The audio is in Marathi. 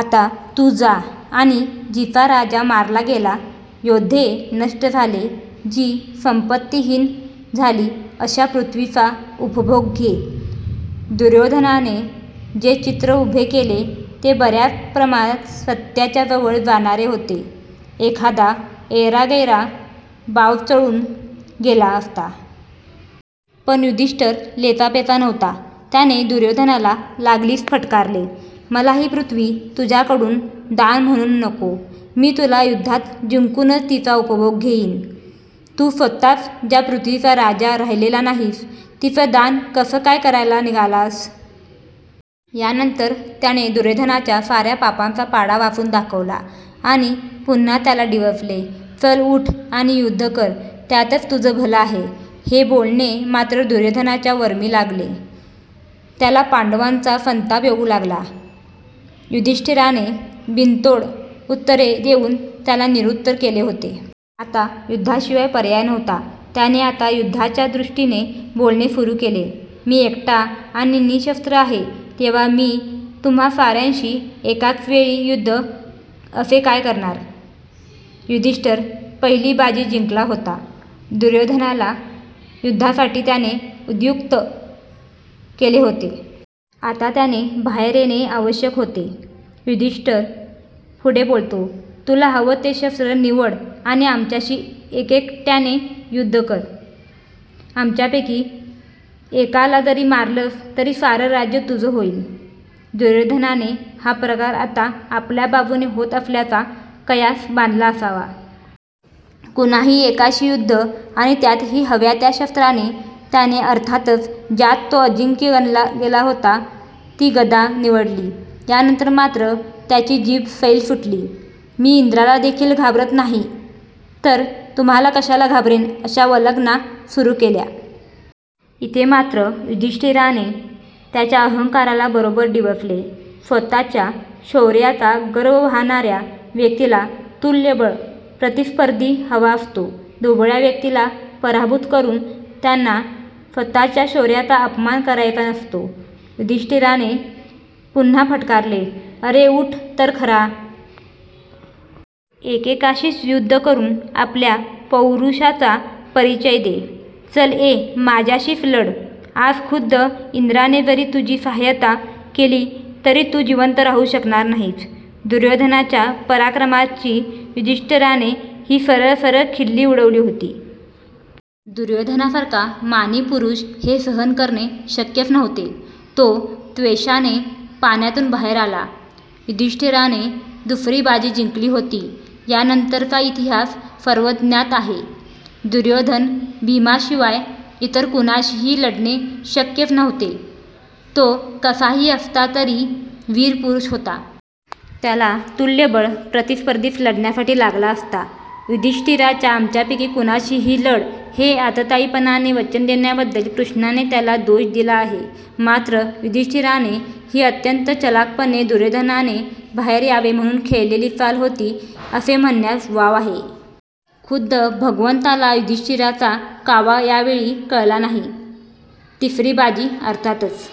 आता तु जा आणि जिचा राजा मारला गेला, योद्धे नष्ट झाले, जी संपत्तीहीन झाली अशा पृथ्वीचा उपभोग घे. दुर्योधनाने जे चित्र उभे केले ते बर्याच प्रमाणात सत्याच्या जवळ जाणारे होते. एखादा ऐरागैरा बावचळुन गेला असता. पण युधिष्ठीर लेचापेचा नव्हता. त्याने दुर्योधनाला लागलीच फटकारले, मला ही पृथ्वी तुझ्याकडुन दान म्हणुन नको. मी तुला युद्धात जिंकुनच तिचा उपभोग घेइन. तु स्वतःच ज्या पृथ्वीचा राजा राहीलेला नाहीस तिचं दान कसं काय करायला निघालास? यानंतर त्याने दुर्योधनाच्या सार्या पापांचा पाढा वाचुन दाखवला आणि पुन्हा त्याला डिवचले. चल उठ आणि युद्ध कर. त्यातच तुझं भलं आहे. हे बोलणे मात्र दुर्योधनाच्या वर्मी लागले. त्याला पांडवांचा संताप येऊ लागला. युधिष्ठीराने बिनतोड उत्तरे देऊन त्याला निरुत्तर केले होते. आता युद्धाशिवाय पर्याय नव्हता. त्याने आता युद्धाच्या दृष्टीने बोलणे सुरु केले, मी एकटा आणि निशस्त्र आहे, तेव्हा मी तुम्हा सार्यांशी एकाचवेळी युद्ध असे काय करणार? युधिष्ठीर पहिली बाजी जिंकला होता. दुर्योधनाला युद्धासाठी त्याने उद्युक्त केले होते. आता त्याने बाहेर येणे आवश्यक होते. युधिष्ठीर पुढे बोलतो, तुला हवं ते शस्त्र निवड आणि आमच्याशी एकेकट्याने युद्ध कर. आमच्यापैकी एकाला जरी मारलंस तरी सारं राज्य तुझं होईल. दुर्योधनाने हा प्रकार आता आपल्या बाजुने होत असल्याचा कयास बांधला असावा. कुणाही एकाशी युद्ध आणि त्यातही हव्या त्या शस्त्राने. त्याने अर्थातच ज्यात तो अजिंक्य गणला गेला होता ती गदा निवडली. यानंतर मात्र त्याची जीभ सैल सुटली. मी इंद्राला देखिल घाबरत नाही, तर तुम्हाला कशाला घाबरेन अशा वल्गना सुरु केल्या. इथे मात्र युधिष्ठीराने त्याच्या अहंकाराला बरोबर डिवचले. स्वतःच्या शौर्याचा गर्व वाहणाऱ्या व्यक्तीला तुल्यबळ प्रतिस्पर्धी हवा असतो. दुबळ्या व्यक्तीला पराभूत करुन त्यांना स्वतःच्या शौर्याचा अपमान करायचा नसतो. युधिष्ठीराने पुन्हा फटकारले, अरे उठ तर खरा. एकेकाशीच युद्ध करुन आपल्या पौरुषाचा परीचय दे. चल ये माझ्याशीच लढ. आज खुद्द इन्द्राने जरी तुझी साहाय्यता केली, तरी तु जिवंत राहु शकणार नाहीस. दुर्योधनाच्या पराक्रमाची युधिष्ठीराने ही सरळ सरळ खिल्ली उडवली होती. दुर्योधनासारखा मानी पुरुष हे सहन करणे शक्यच नव्हते. तो त्वेषाने पाण्यातुन बाहेर आला. युधिष्ठीराने दुसरी बाजी जिंकली होती. यानंतरचा इतिहास सर्वज्ञात आहे. दुर्योधन भीमाशिवाय इतर कुणाशीही लढणे शक्यच नव्हते. तो कसाही असता तरी वीर पुरुष होता. त्याला तुल्यबळ प्रतिस्पर्धीच लढण्यासाठी लागला असता. युधिष्ठीराच्या आमच्यापैकी कुणाशीही लढ हे आततायीपणाने वचन देण्याबद्दल कृष्णाने त्याला दोष दिला आहे. मात्र युधिष्ठीराने ही अत्यंत चलाखपणे दुर्योधनाने बाहेर यावे म्हणुन खेळलेली चाल होती, असे म्हणण्यास वाव आहे. खुद्द भगवंताला युधिष्ठीराचा कावा यावेळी कळला नाही. तिसरी बाजी अर्थातच